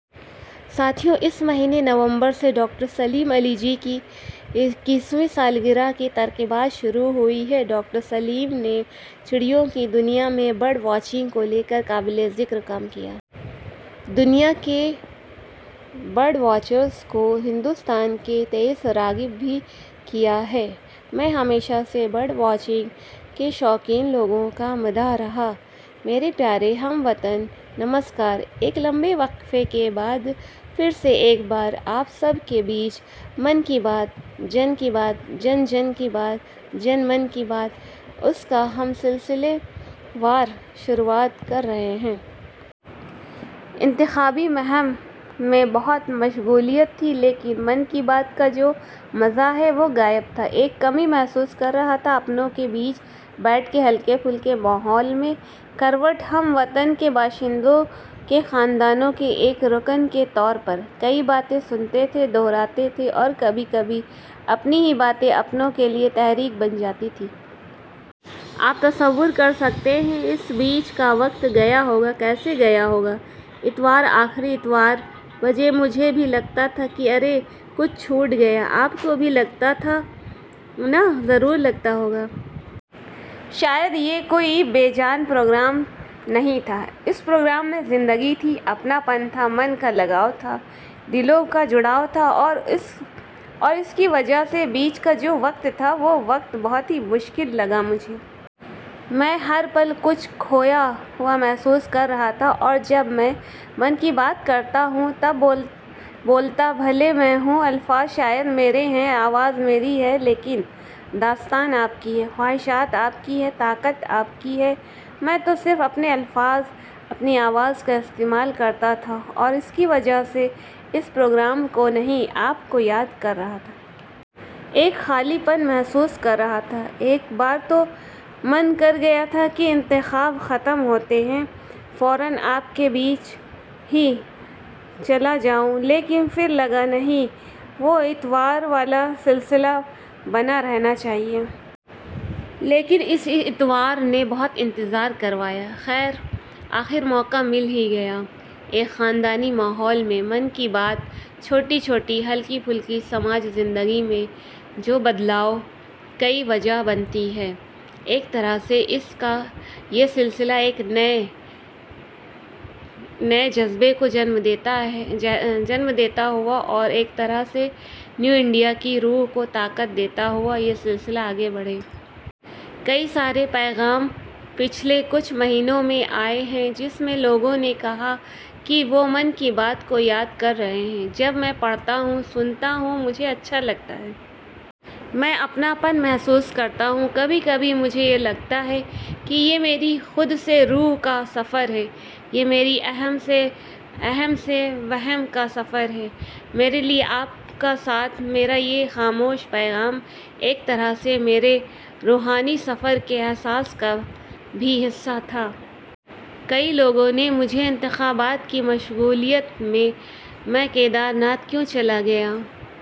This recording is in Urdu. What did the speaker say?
ساتھیو، اس مہینے نومبر سے ڈاکٹر سلیم علی جی کی ویں سالگرہ کی تقریبات شروع ہوئی ہیں۔ ڈاکٹر سلیم نے چڑیوں کی دنیا میں برڈ واچنگ کو لیکر قابل ذکر کام کیا ہے۔ دنیا کے برڈ واچرس کو ہندوستان کے تئیں راغب بھی کیا ہے۔ میں ہمیشہ سے برڈ واچنگ کے شوقین لوگوں کا مداح رہا. میرے پیارے ہم وطنو، نمسکار! ایک لمبے وقفے کے بعد، پھر سے ایک بار، آپ سب کے بیچ، 'من کی بات'، جن کی بات، جن-جن کی بات، جن-من کی بات اس کا ہم سلسلے وار شروعات کر رہے ہیں۔ انتخابی مہم میں بہت مشغولیت تھی لیکن 'من کی بات' کا جو مزہ ہے، وہ غائب تھا۔ ایک کمی محسوس کر رہا تھا۔ اپنوں کے بیچ بیٹھ کے، ہلکے پھلکے ماحول میں، کروڑ ہم وطنو کے باشندوں کےخاندانوں کے ایک رکن کے طور پر، کئی باتیں سنتے تھے، دہراتے تھے اور کبھی کبھی اپنی ہی باتیں، اپنوں کے لیے تحریک بن جاتی تھی۔ آپ تصور کرسکتے ہیں اس بیچ کاوقت گیا ہوگا، کیسے گیا ہوگا۔ اتوار، آخری اتوار- بجے، مجھے بھی لگتا تھا کہ ارے، کچھ چھوٹ گیا – آپ کو بھی لگتا تھا نا! ضرور لگتا ہوگا۔ شاید، یہ کوئی بے جان پروگرام نہیں تھا۔ اس پروگرام میں زندگی تھی ،، اپنا پن تھا، من کا لگاؤ تھا، دلوں کو جڑاؤ تھا، اور اس کی وجہ، بیچ کا جو وقت تھا، وہ وقت بہت ہی مشکل لگا مجھے۔ میں ہر پل کچھ کھویا ہوا محسوس کر رہا تھا اور جب میں 'من کی بات' کرتا ہوں تب، بولتا بھلے میں ہوں، الفاظ شاید میرے ہیں، آواز میری ہے، لیکن، داستان آپ کی ہے، خواہشات آپ کے ہیں، طاقت آپ کی ہے، میں تو صرف، اپنے الفاظ، اپنی آواز کا استعمال کرتا تھا اور اس کی وجہ سے اس پروگرام کو نہیں، آپ کویاد کر رہا تھا۔ ایک خالی پن محسوس کر رہا تھا۔ ایک بار تو من کر گیا تھا کہ انتخاب ختم ہوتے ہی فوراً آپ کے بیچ ہی چلا جاؤں۔ لیکن پھر لگا نہیں، وہ اتواروالا سلسلہ بنا رہنا چاہیے۔ لیکن اس اتوار نے بہت انتظار کروایا۔ خیر ، آخر موقع مل ہی گیا ہے۔ ایک خاندانی ماحول میں 'من کی بات'، چھوٹی- چھوٹی، ہلکی-پھلکی، سماج، زندگی میں، جو بدلاؤ کی وجہ بنتی ہے ایک طرح سے اس کا یہ سلسلہ، ایک نئے جذبے کو جنم دیتا ہوا اور ایک طرح سے نیو انڈیا کی روح کو طاقت دیتا ہوا یہ سلسلہ آگے بڑھے۔ کئی سارے پیغام پچھلے کچھ مہینوں میں آئے ہیں جس میں لوگوں نے کہا کہ وہ 'من کی بات' کو یاد کر رہے ہیں۔ جب میں پڑھتا ہوں، سنتا ہوں، مجھے اچھا لگتا ہے۔ میں اپناپن محسوس کرتا ہوں، کبھی کبھی مجھے یہ لگتا ہے کہ یہ میری خود سے روح کا سفر ہے۔ یہ میری اہم سے ویم کا سفر ہے۔ میرے لیے آپ کے ساتھ میرا یہ خاموش پیغام ایک طرح سے میرے روحانی سفر کے احساس کا بھی حصہ تھا۔ کئی لوگوں نے مجھے انتخابات کی مشغولیت میں، میں کیدارناتھ کیوں چلا گیا؟